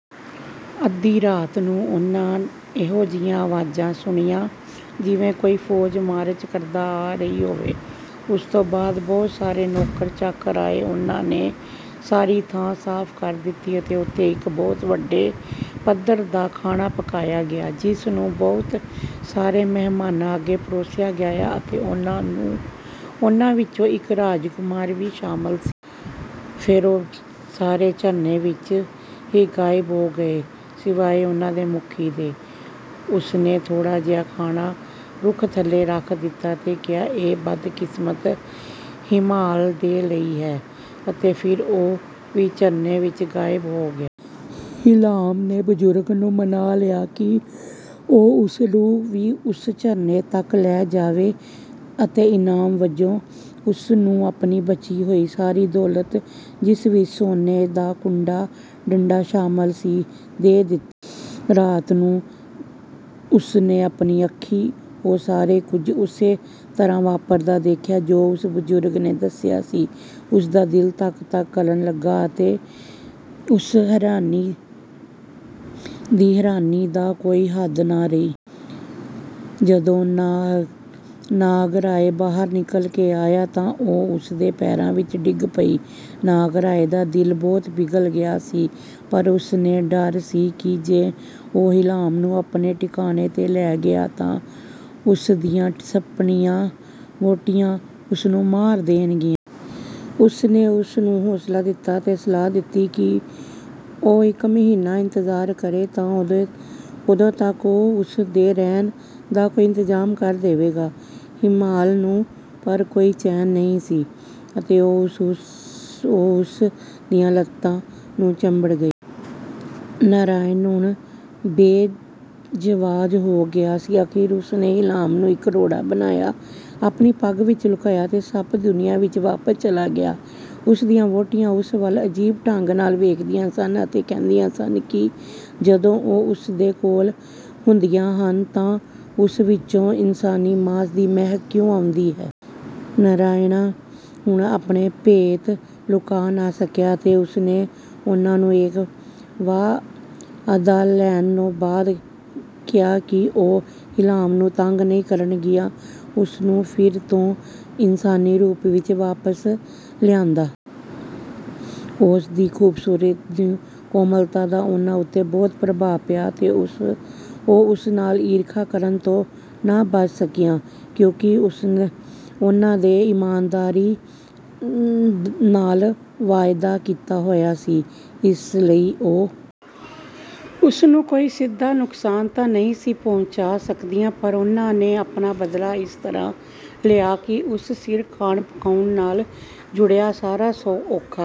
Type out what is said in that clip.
ਅੱਧੀ ਰਾਤ ਨੂੰ ਉਨ੍ਹਾਂ ਨੂੰ ਇਹੋ ਜਿਹੀਆਂ ਆਵਾਜ਼ਾਂ ਸੁਣੀਆਂ ਜਿਵੇਂ ਕੋਈ ਫ਼ੌਜ ਮਾਰਚ ਕਰਦੀ ਆ ਰਹੀ ਹੋਵੇ। ਉਸ ਤੋਂ ਬਾਅਦ ਬਹੁਤ ਸਾਰੇ ਨੌਕਰ-ਚਾਕਰ ਆਏ ਜਿਨ੍ਹਾਂ ਨੇ ਸਾਰੀ ਥਾਂ ਸਾਫ਼ ਕਰ ਦਿੱਤੀ ਅਤੇ ਉੱਥੇ ਇੱਕ ਬਹੁਤ ਵੱਡੇ ਪੱਧਰ ਦਾ ਖਾਣਾ ਪਕਾਇਆ ਗਿਆ, ਜਿਸ ਨੂੰ ਬਹੁਤ ਸਾਰੇ ਮਹਿਮਾਨਾਂ ਅੱਗੇ ਪਰੋਸਿਆ ਗਿਆ ਅਤੇ ਉਨ੍ਹਾਂ ਵਿੱਚ ਇੱਕ ਰਾਜਕੁਮਾਰ ਵੀ ਸ਼ਾਮਲ ਸੀ। ਫਿਰ ਉਹ ਸਾਰੇ ਝਰਨੇ ਵਿੱਚ ਹੀ ਗਾਇਬ ਹੋ ਗਏ, ਸਿਵਾਏ ਉਨ੍ਹਾਂ ਦੇ ਮੁਖੀ ਦੇ। ਉਸ ਨੇ ਥੋੜ੍ਹਾ ਜਿਹਾ ਖਾਣਾ ਰੁੱਖ ਥੱਲੇ ਰੱਖ ਦਿੱਤਾ ਤੇ ਕਿਹਾ, "ਇਹ ਬਦਕਿਸਮਤ ਹੀਮਾਲ ਦੇ ਲਈ ਹੈ।" ਅਤੇ ਫਿਰ ਉਹ ਵੀ ਝਰਨੇ ਵਿੱਚ ਗਾਇਬ ਹੋ ਗਿਆ। ਹੀਮਾਲ ਨੇ ਬਜ਼ੁਰਗ ਨੂੰ ਮਨਾ ਲਿਆ ਕਿ ਉਹ ਉਸ ਨੂੰ ਵੀ ਉਸ ਝਰਨੇ ਤੱਕ ਲੈ ਕੇ ਜਾਵੇ ਅਤੇ ਇਨਾਮ ਵਜੋਂ ਉਸ ਨੂੰ ਆਪਣੀ ਬਚੀ ਹੋਈ ਸਾਰੀ ਦੌਲਤ, ਜਿਸ ਵਿੱਚ ਸੋਨੇ ਦਾ ਕੂੰਡਾ-ਡੰਡਾ ਸ਼ਾਮਲ ਸੀ, ਦੇ ਦਿੱਤੀ। ਰਾਤ ਨੂੰ ਉਸ ਨੇ ਆਪਣੀ ਅੱਖੀਂ ਉਹ ਸਾਰਾ ਕੁਝ ਉਸੇ ਤਰ੍ਹਾਂ ਵਾਪਰਦਾ ਦੇਖਿਆ ਜੋ ਉਸ ਬਜ਼ੁਰਗ ਨੇ ਦੱਸਿਆ ਸੀ। ਉਸ ਦਾ ਦਿਲ ਧੱਕ-ਧੱਕ ਕਰਨ ਲੱਗਾ ਅਤੇ ਉਸ ਦੀ ਹੈਰਾਨੀ ਦੀ ਕੋਈ ਹੱਦ ਨਾ ਰਹੀ। ਜਦੋਂ ਨਾਗਰਾਇ ਬਾਹਰ ਨਿਕਲ ਕੇ ਆਇਆ ਤਾਂ ਉਹ ਉਸ ਦੇ ਪੈਰਾਂ ਵਿੱਚ ਡਿੱਗ ਪਈ। ਨਾਗਰਾਇ ਦਾ ਦਿਲ ਬਹੁਤ ਪਿਘਲ ਗਿਆ ਸੀ ਪਰ ਉਸ ਨੂੰ ਡਰ ਸੀ ਕਿ ਜੇ ਉਹ ਹੀਮਾਲ ਨੂੰ ਆਪਣੇ ਟਿਕਾਣੇ 'ਤੇ ਲੈ ਗਿਆ ਤਾਂ ਉਸ ਦੀਆਂ ਸੱਪਣੀਆਂ-ਵਹੁਟੀਆਂ ਉਸ ਨੂੰ ਮਾਰ ਦੇਣਗੀਆਂ। ਉਸ ਨੇ ਉਸ ਨੂੰ ਹੌਸਲਾ ਦਿੱਤਾ ਅਤੇ ਸਲਾਹ ਦਿੱਤੀ ਕਿ ਉਹ ਇੱਕ ਮਹੀਨਾ ਇੰਤਜ਼ਾਰ ਕਰੇ ਅਤੇ ਉਦੋਂ ਤੱਕ ਉਹ ਉਸ ਦੇ ਰਹਿਣ ਦਾ ਕੋਈ ਇੰਤਜ਼ਾਮ ਕਰ ਦੇਵੇਗਾ। ਹੀਮਾਲ ਨੂੰ ਪਰ ਕੋਈ ਚੈਨ ਨਹੀਂ ਸੀ ਅਤੇ ਉਹ ਉਸ ਦੀਆਂ ਲੱਤਾਂ ਨਾਲ ਚੰਬੜ ਗਈ। ਨਾਗਰਾਇ ਹੁਣ ਬੇਜਵਾਬ ਹੋ ਗਿਆ ਸੀ। ਅਖੀਰ ਉਸ ਨੇ ਹੀਮਾਲ ਨੂੰ ਇੱਕ ਰੋੜਾ ਬਣਾਇਆ, ਆਪਣੀ ਪੱਗ ਵਿੱਚ ਲੁਕਾਇਆ ਅਤੇ ਸੱਪ-ਦੁਨੀਆ ਵਿੱਚ ਵਾਪਸ ਚਲਾ ਗਿਆ। ਉਸ ਦੀਆਂ ਵਹੁਟੀਆਂ ਉਸ ਵੱਲ ਅਜੀਬ ਢੰਗ ਨਾਲ ਵੇਖਦੀਆਂ ਸਨ ਅਤੇ ਕਹਿੰਦੀਆਂ ਸਨ ਕਿ ਜਦੋਂ ਉਹ ਉਸ ਦੇ ਕੋਲ ਹੁੰਦੀਆਂ ਹਨ ਤਾਂ ਉਸ ਵਿੱਚੋਂ ਇਨਸਾਨੀ ਮਾਸ ਦੀ ਮਹਿਕ ਕਿਉਂ ਆਉਂਦੀ ਹੈ। ਨਾਗਰਾਇ ਹੁਣ ਆਪਣਾ ਭੇਤ ਲੁਕਾ ਨਾ ਸਕਿਆ ਅਤੇ ਉਸ ਨੇ ਉਨ੍ਹਾਂ ਤੋਂ ਇਹ ਵਾਅਦਾ ਲੈਣ ਤੋਂ ਬਾਅਦ ਕਿ ਉਹ ਹੀਮਾਲ ਨੂੰ ਤੰਗ ਨਹੀਂ ਕਰਨਗੀਆਂ, ਉਸ ਨੂੰ ਫਿਰ ਤੋਂ ਇਨਸਾਨੀ ਰੂਪ ਵਿੱਚ ਵਾਪਸ ਲਿਆਂਦਾ। ਉਸ ਦੀ ਖ਼ੂਬਸੂਰਤੀ ਅਤੇ ਕੋਮਲਤਾ ਦਾ ਉਨ੍ਹਾਂ ਉੱਤੇ ਬਹੁਤ ਪ੍ਰਭਾਵ ਪਿਆ ਅਤੇ ਉਹ ਉਸ ਨਾਲ ਈਰਖਾ ਕਰਨ ਤੋਂ ਨਾ ਬਚ ਸਕੀਆਂ। ਕਿਉਂਕਿ ਉਨ੍ਹਾਂ ਨੇ ਇਮਾਨਦਾਰੀ ਨਾਲ ਵਾਅਦਾ ਕੀਤਾ ਹੋਇਆ ਸੀ, ਇਸ ਲਈ ਉਹ ਉਸ ਨੂੰ ਕੋਈ ਸਿੱਧਾ ਨੁਕਸਾਨ ਤਾਂ ਨਹੀਂ ਸੀ ਪਹੁੰਚਾ ਸਕਦੀਆਂ, ਪਰ ਉਨ੍ਹਾਂ ਨੇ ਆਪਣਾ ਬਦਲਾ ਇਸ ਤਰ੍ਹਾਂ ਲਿਆ ਕਿ ਉਸ ਸਿਰ ਖਾਣ-ਪਕਾਉਣ ਨਾਲ ਜੁੜਿਆ ਸਾਰਾ ਔਖਾ